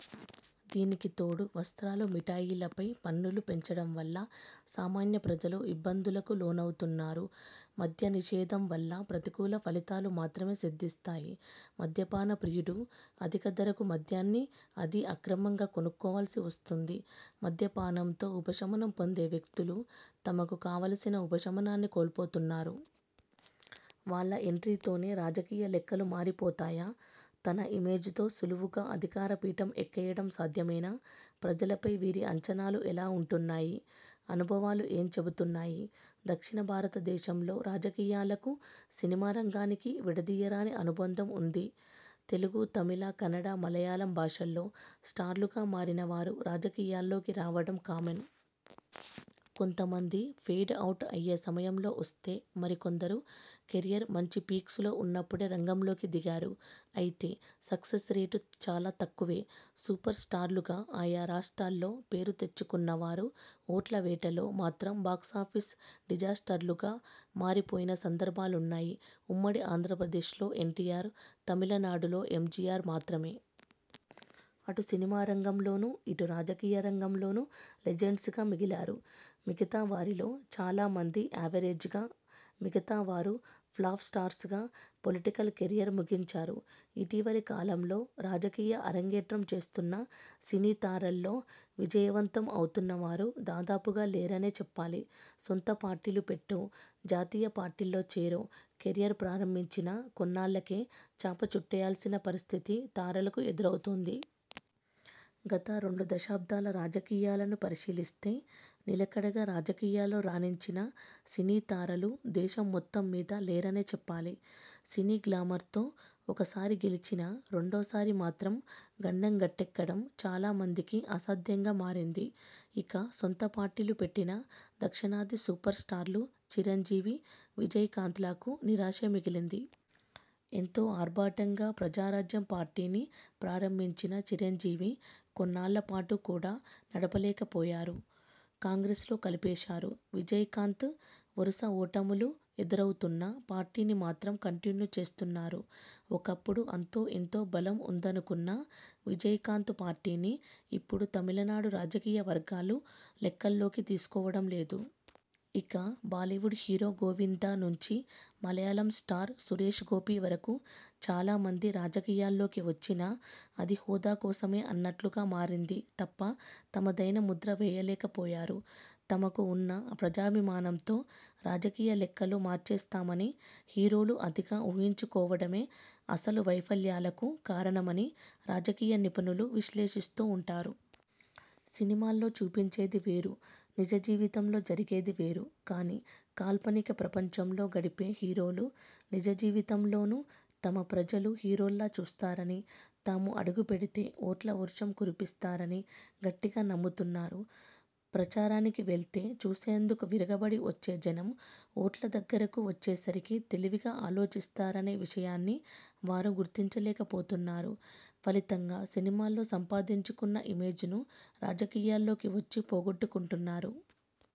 దీనికి తోడు వస్త్రాలు, మిఠాయిలపై పన్నులు పెంచడం వల్ల సామాన్య ప్రజలు ఇబ్బందులకు లోనవుతున్నారు. మద్య నిషేధం వల్ల ప్రతికూల ఫలితాలు మాత్రమే సిద్ధిస్తాయి. మద్యపాన ప్రియుడు అధిక ధరకు మద్యాన్ని, అదీ అక్రమంగా కొనుక్కోవలసి వస్తుంది. మద్య పానంతో ఉపశమనం పొందే వ్యక్తులు, తమకు కావలసిన ఉపశమనాన్ని కోల్పోతున్నారు. వాళ్ల ఎంట్రీతోనే రాజకీయ లెక్కలు మారిపోతాయా? తన ఇమేజ్తో సులువుగా అధికార పీఠం ఎక్కేయడం సాధ్యమేనా? ప్రజలపై వీరి అంచనాలు ఎలా ఉంటున్నాయి? అనుభవాలు ఏం చెబుతున్నాయి? దక్షిణ భారతదేశంలో రాజకీయాలకు సినిమా రంగానికి విడదీయరాని అనుబంధం ఉంది. తెలుగు, తమిళ, కన్నడ, మలయాళం భాషల్లో స్టార్లుగా మారిన వారు రాజకీయాల్లోకి రావడం కామన్. కొంత మంది ఫేడ్ అవుట్ అయ్యే సమయంలో వస్తే మరికొందరు కెరీర్ మంచి పీక్స్లో ఉన్నప్పుడే రంగంలోకి దిగారు. అయితే సక్సెస్ రేటు చాలా తక్కువే. సూపర్ స్టార్లుగా ఆయా రాష్ట్రాల్లో పేరు తెచ్చుకున్నవారు. ఓట్ల వేటలో మాత్రం బాక్సాఫీస్ డిజాస్టర్లుగా మారిపోయిన సందర్భాలున్నాయి. ఉమ్మడి ఆంధ్రప్రదేశ్లో ఎన్టీఆర్, తమిళనాడులో ఎంజీఆర్ మాత్రమే. అటు సినిమా రంగంలోనూ ఇటు రాజకీయ రంగంలోనూ లెజెండ్స్గా మిగిలారు. మిగతా వారిలో చాలా మంది యావరేజ్గా మిగతా వారు ఫ్లాప్ స్టార్స్గా పొలిటికల్ కెరీర్ ముగించారు. ఇటీవలి కాలంలో రాజకీయ ఆరంగేంట్రం చేస్తున్న సినీ తారల్లో విజయవంతం అవుతున్నవారు దాదాపుగా లేరనే చెప్పాలి. సొంత పార్టీలు పెట్టో, జాతీయ పార్టీల్లో చేరో కెరీర్ ప్రారంభించినా కొన్నాళ్లకే చాపచుట్టేయాల్సిన పరిస్థితి తారలకు ఎదురువుతోంది. గత రెండు దశాబ్దాల రాజకీయాలను పరిశీలిస్తే నిలకడగా రాజకీయాల్లో రాణించిన సినీతారలు దేశం మొత్తం మీద లేరనే చెప్పాలి. సినీ గ్లామర్తో ఒకసారి గెలిచినా రెండో సారి మాత్రం గండం గట్టెక్కడం చాలా మందికి అసాధ్యంగా మారింది. ఇక సొంత పార్టీలు పెట్టిన దక్షిణాది సూపర్ స్టార్లు చిరంజీవి, విజయ్ కాంత్లకు నిరాశే మిగిలింది. ఎంతో ఆర్భాటంగా ప్రజారాజ్యం పార్టీని ప్రారంభించిన చిరంజీవి కొన్నాళ్ల పాటు కూడా నడపలేకపోయారు. కాంగ్రెస్లో కలిపేశారు. విజయ్ కాంత్ వరుస ఓటములు ఎదురవుతున్నా పార్టీని మాత్రం కంటిన్యూ చేస్తున్నారు. ఒకప్పుడు అంతో ఇంతో బలం ఉందనుకున్న విజయ్ కాంత్ పార్టీని ఇప్పుడు తమిళనాడు రాజకీయవర్గాలు లెక్కలోకి తీసుకోవడం లేదు. ఇక బాలీవుడ్ హీరో గోవిందా నుంచి మలయాళం స్టార్ సురేష్ గోపీ వరకు చాలా మంది రాజకీయాల్లోకి వచ్చినా అది హోదా కోసమే అన్నట్లుగా మారింది తప్ప తమదైన ముద్ర వేయలేకపోయారు తమకు ఉన్న ప్రజాభిమానంతో రాజకీయ లెక్కలు మార్చేస్తామని హీరోలు అతిగా ఊహించుకోవడమే అసలు వైఫల్యాలకు కారణమని రాజకీయనిపుణులు విశ్లేషిస్తూ ఉంటారు. సినిమాల్లో చూపించేది వేరు నిజ జీవితంలో జరిగేది వేరు. కానీ కాల్పనిక ప్రపంచంలో గడిపే హీరోలు నిజజీవితంలోనూ తమ ప్రజలు హీరోల్లా చూస్తారని తాము అడుగుపెడితే ఓట్ల వర్షం కురిపిస్తారని గట్టిగా నమ్ముతున్నారు. ప్రచారానికి వెళ్తే చూసేందుకు విరగబడి వచ్చే జనం ఓట్ల దగ్గరకు వచ్చేసరికి తెలివిగా ఆలోచిస్తారనే విషయాన్ని వారు గుర్తించలేకపోతున్నారు. ఫలితంగా సినిమాల్లో సంపాదించుకున్న ఇమేజ్ను రాజకీయాల్లోకి వచ్చి పోగొట్టుకుంటున్నారు.